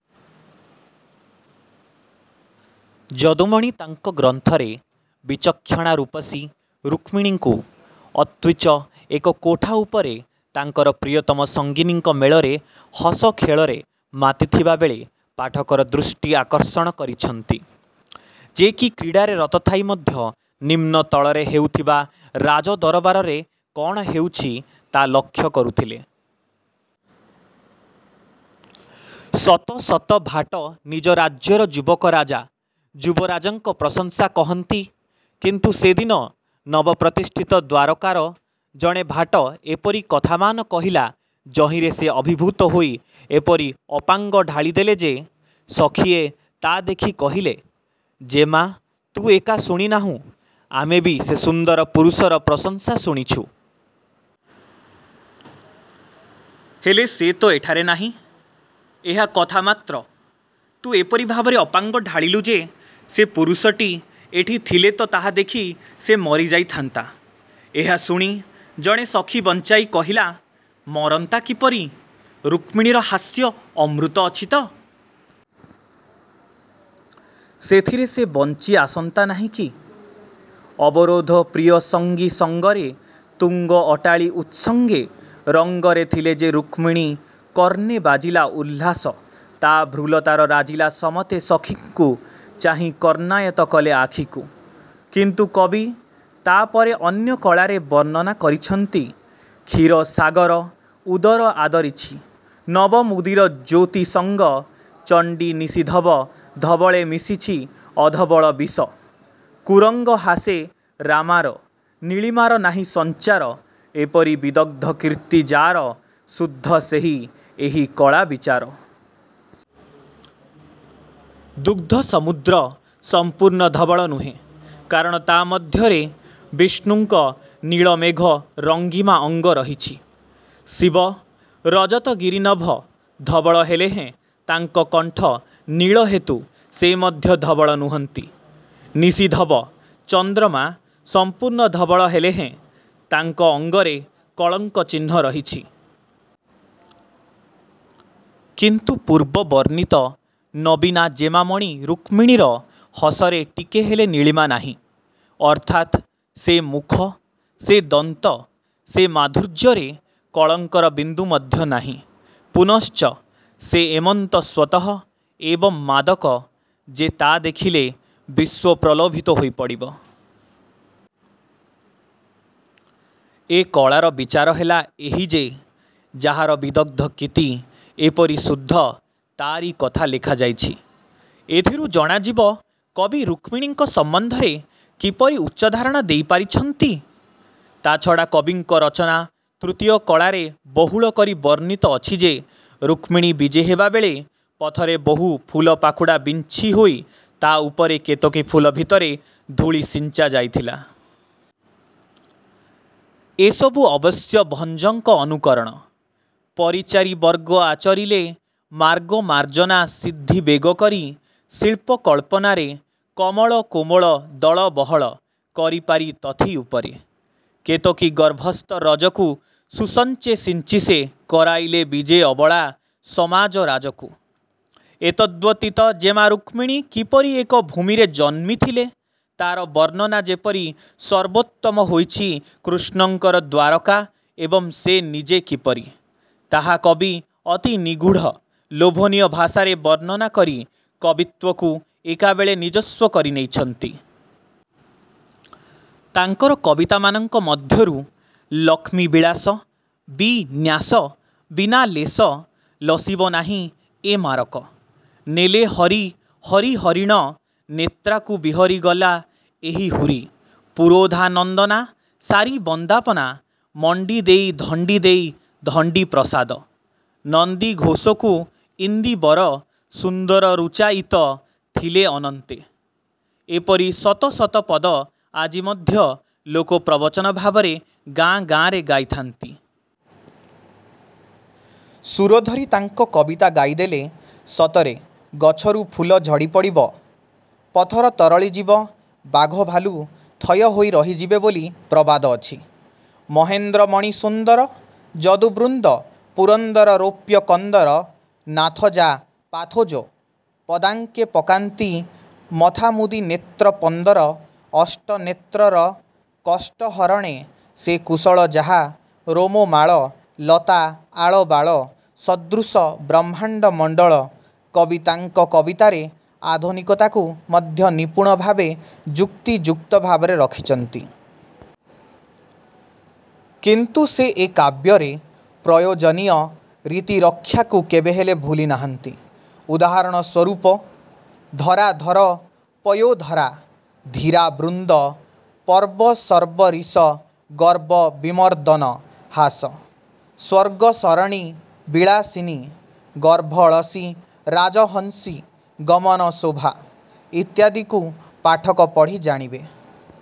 ଯଦୁମଣି ତାଙ୍କ ଗ୍ରନ୍ଥରେ ବିଚକ୍ଷଣା ରୂପସୀ ରୁକ୍ମିଣୀଙ୍କୁ ଅତ୍ୟୁଚ୍ଚ ଏକ କୋଠା ଉପରେ ତାଙ୍କର ପ୍ରିୟତମ ସଙ୍ଗିନୀଙ୍କ ମେଳରେ ହସଖେଳରେ ମାତିଥିବା ବେଳେ ପାଠକର ଦୃଷ୍ଟି ଆକର୍ଷଣ କରିଛନ୍ତି। ଯେ କି କ୍ରୀଡ଼ାରେ ରତ ଥାଇ ମଧ୍ୟ ନିମ୍ନତଳରେ ହେଉଥିବା ରାଜଦରବାରରେ କଣ ହେଉଛି ତା ଲକ୍ଷ୍ୟ କରୁଥିଲେ। ଶତ ଶତ ଭାଟ ନିଜ ରାଜ୍ୟର ଯୁବକ ରାଜା, ଯୁବରାଜଙ୍କ ପ୍ରଶଂସା କହନ୍ତି, କିନ୍ତୁ ସେଦିନ ନବପ୍ରତିଷ୍ଠିତ ଦ୍ୱାରକାର ଜଣେ ଭାଟ ଏପରି କଥାମାନ କହିଲା ଯହିଁରେ ସେ ଅଭିଭୂତ ହୋଇ ଏପରି ଅପାଙ୍ଗ ଢାଳିଦେଲେ ଯେ, ସଖିଏ ତା ଦେଖି କହିଲେ- ଜେମା ତୁ ଏକା ଶୁଣିନାହୁଁ, ଆମେ ବି ସେ ସୁନ୍ଦର ପୁରୁଷର ପ୍ରଶଂସା ଶୁଣିଛୁଁ। ହେଲେ ସେ ତ ଏଠାରେ ନାହିଁ, ଏହା କଥା ମାତ୍ର। ତୁ ଏପରି ଭାବରେ ଅପାଙ୍ଗ ଢାଳିଲୁ ଯେ ସେ ପୁରୁଷଟି ଏଠି ଥିଲେ ତ ତାହା ଦେଖି ସେ ମରି ଯାଇଥାନ୍ତା। ଏହା ଶୁଣି ଜଣେ ସଖି ବଞ୍ଚାଇ କହିଲା-'ମରନ୍ତା କିପରି? ରୁକ୍ମିଣୀର ହାସ୍ୟ ଅମୃତ ଅଛିତ? ସେଥିରେ ସେ ବଞ୍ଚି ଆସନ୍ତା ନାହିଁକି? ' ''ଅବରୋଧ ପ୍ରିୟ ସଙ୍ଗିସଙ୍ଗରେ ତୁଙ୍ଗ ଅଟ୍ଟାଳି ଉତ୍ସଙ୍ଗେ ରଙ୍ଗରେ ଥିଲେ ଯେ ରୁକ୍ମିଣୀ କର୍ଣ୍ଣେ ବାଜିଲା ଉଲ୍ଲାସ ତା ଭ୍ରୁଲତାରେ ରାଜିଲା ସମତ୍ତେ ସଖୀଙ୍କୁ ଚାହିଁ କର୍ଣ୍ଣାୟତ୍ତ କଲେ ଆଖିକୁ"। କିନ୍ତୁ କବି ତାପରେ ଅନ୍ୟ କଳାରେ ବର୍ଣ୍ଣନା କରିଛନ୍ତି- କ୍ଷୀର ସାଗର ଉଦର ଆଦରିଛି ନବ ମୁଦିର ଜ୍ୟୋତି ସଙ୍ଗ ଚଣ୍ଡୀ ନିଶିଧବ ଧବଳେ ମିଶିଛି ଅଧବଳ ବିଷ କୁରଙ୍ଗ ହାସେ ରାମାର ନୀଳିମାର ନାହିଁ ସଂଚାର ଏପରି ବିଦଗ୍ଧ କୀର୍ତ୍ତି ଯାର ଶୁଦ୍ଧ ସେହି ଏହି କଳା ବିଚାର। ଦୁଗ୍ଧ ସମୁଦ୍ର ସଂପୂର୍ଣ୍ଣ ଧବଳ ନୁହେଁ। କାରଣ ତା ମଧ୍ୟରେ ବିଷ୍ଣୁଙ୍କ ନୀଳମେଘ ରଙ୍ଗିମା ଅଙ୍ଗ ରହିଛି। ଶିବ ରଜତଗିରିନିଭ ଧବଳ ହେଲେହେଁ ତାଙ୍କ କଣ୍ଠ ନୀଳହେତୁ ସେ ମଧ୍ୟ ଧବଳ ନୁହନ୍ତି। ନିଶିଧବ ଚନ୍ଦ୍ରମା ସଂପୂର୍ଣ୍ଣ ଧବଳ ହେଲେହେଁ, ତାଙ୍କ ଅଙ୍ଗରେ କଳଙ୍କ ଚିହ୍ନ ରହିଛି। କିନ୍ତୁ ପୂର୍ବ ବର୍ଣ୍ଣିତ ନବୀନା ଜେମାମଣି ରୁକ୍ମିଣୀର ହସରେ ଟିକେ ହେଲେ ନୀଳିମା ନାହିଁ। ଅର୍ଥାତ୍ ସେ ମୁଖ, ସେ ଦନ୍ତ, ସେ ମାଧୁର୍ଯ୍ୟରେ କଳଙ୍କର ବିନ୍ଦୁ ମଧ୍ୟ ନାହିଁ। ପୁନଶ୍ଚ ସେ ଏମନ୍ତ ସ୍ୱତଃ ଏବଂ ମାଦକ ଯେ ତା ଦେଖିଲେ ବିଶ୍ୱ ପ୍ରଲୋଭିତ ହୋଇ ପଡ଼ିବ। ଏ କଳାର ବିଚାର ହେଲା ଏହି ଯେ ଯାହାର ବିଦଗ୍ଧ କୀତ୍ତି ଏପରି ଶୁଦ୍ଧ ତା'ରି କଥା ଲେଖାଯାଇଛି। ଏଥିରୁ ଜଣାଯିବ କବି ରୁକ୍ମିଣୀଙ୍କ। ସମ୍ବନ୍ଧରେ କିପରି ଉଚ୍ଚଧାରଣା ଦେଇପାରିଛନ୍ତି? ତାଛଡ଼ା କବିଙ୍କ ରଚନା ତୃତୀୟ କଳାରେ ବହୁଳ କରି ବର୍ଣ୍ଣିତ ଅଛି ଯେ ରୁକ୍ମିଣୀ ବିଜେହେବାବେଳେ ପଥରେ ବହୁ ଫୁଲପାଖୁଡ଼ା ବିଞ୍ଛିହୋଇ ତା ଉପରେ କେତକୀ ଫୁଲ ଭିତର ଧୂଳି ସିଞ୍ଚା ଯାଇଥିଲା। ଏସବୁ ଅବଶ୍ୟ ଭଞ୍ଜଙ୍କ ଅନୁକରଣ। ''ପରିଚାରି ବର୍ଗ ଆଚରିଲେ ମାର୍ଗ ମାର୍ଜନା ସିଦ୍ଧି ବେଗକରି ଶିଳ୍ପ କଳ୍ପନାରେ କମଳ କୋମଳ ଦଳ ବହଳ କରିପାରି ତଥି ଉପରେ, କେତକୀ ଗର୍ଭସ୍ଥ ରଜକୁ ସୁସଞ୍ଚେ ସିଞ୍ଚିସେ କରାଇଲେ ବିଜେ ଅବଳା ସମାଜ ରାଜକୁ। ଏତଦ୍ବ୍ୟତୀତ ଜେମା ରୁକ୍ମିଣୀ କିପରି ଏକ ଭୂମିରେ ଜନ୍ମିଥିଲେ, ତାର ବର୍ଣ୍ଣନା ଯେପରି ସର୍ବୋତ୍ତମ ହୋଇଛି କୃଷ୍ଣଙ୍କର ଦ୍ୱାରକା ଏବଂ ସେ ନିଜେ କିପରି, ତାହା କବି ଅତି ନିଗୂଢ଼, ଲୋଭନୀୟ ଭାଷାରେ ବର୍ଣ୍ଣନା କରି କବିତ୍ୱକୁ ଏକାବେଳେ ନିଜସ୍ୱ କରି ନେଇଛନ୍ତି। ତାଙ୍କର କବିତାମାନଙ୍କ ମଧ୍ୟରୁ- ''ଲକ୍ଷ୍ମୀ ବିଳାସ ବି-ନ୍ୟାସ ବିନାଲେଶ ଲସିବ ନାହିଁ ଏ ମାରକ" ''ନେଲେ ହରି ହରି ହରିଣ ନେତ୍ରାକୁ ବିହରି ଗଲା ଏହି ହୁରି" ''ପୁରୋଧା ନନ୍ଦନା ସାରି ବନ୍ଦାପନା ମଣ୍ଡିଦେଇ ଧଣ୍ଡିଦେଇ ଧଣ୍ଡି-ପ୍ରସାଦ" ''ନନ୍ଦିଘୋଷକୁ ଇନ୍ଦିବର ସୁନ୍ଦର ରୂଚାଇତ ଥିଲେ ଅନନ୍ତେ" -ଏପରି ଶତ ଶତ ପଦ ଆଜି ମଧ୍ୟ ଲୋକେ ପ୍ରବଚନ ଭାବରେ ଗାଁ ଗାଁରେ ଗାଇଥାନ୍ତି। ସୁର ଧରି ତାଙ୍କ କବିତା ଗାଇଦେଲେ ସତରେ ଗଛରୁ ଫୁଲ ଝଡ଼ିପଡ଼ିବ। ପଥର ତରଳିଯିବ, ବାଘଭାଲୁ ଥୟହୋଇ ରହିଯିବେ ବୋଲି ପ୍ରବାଦଅଛି। ମହେନ୍ଦ୍ର ମଣି ସୁନ୍ଦର ଯଦୁବୃନ୍ଦ ପୁରନ୍ଦର ରୌପ୍ୟ କନ୍ଦର ନାଥ ଯା ପାଥୋଜ ପଦାଙ୍କେ ପକାନ୍ତି ମଥାମୁଦି ନେତ୍ର ପନ୍ଦର ଅଷ୍ଟ ନେତ୍ରର କଷ୍ଟ ହରଣେ ସେ କୁଶଳ ଯାହା ରୋମମାଳ ଲତା ଆଳବାଳ ସଦୃଶ ବ୍ରହ୍ମାଣ୍ଡ ମଣ୍ଡଳ କବି ତାଙ୍କ କବିତାରେ ଆଧୁନିକତାକୁ ମଧ୍ୟ ନିପୂଣ ଭାବେ ଯୁକ୍ତିଯୁକ୍ତ ଭାବରେ ରଖିଛନ୍ତି। କିନ୍ତୁ ସେ ଏ କାବ୍ୟରେ ପ୍ରୟୋଜନୀୟ-ରୀତି ରକ୍ଷାକୁ କେବେହେଲେ ଭୁଲିନାହାନ୍ତି। ଉଦାହରଣ ସ୍ୱରୂପ ''ଧରାଧର ପୟୋଧରା ଧୀରାବୃନ୍ଦ, ପର୍ବ ଶର୍ବରୀଶ ଗର୍ବ ବିମର୍ଦ୍ଦନ ହାସ, ସ୍ୱର୍ଗସରଣୀ ବିଳାସିନୀ ଗର୍ଭଳସୀ ରାଜହଂସୀ ଗମନ ଶୋଭା" ଇତ୍ୟାଦିକୁ ପାଠକ ପଢ଼ି ଜାଣିବେ।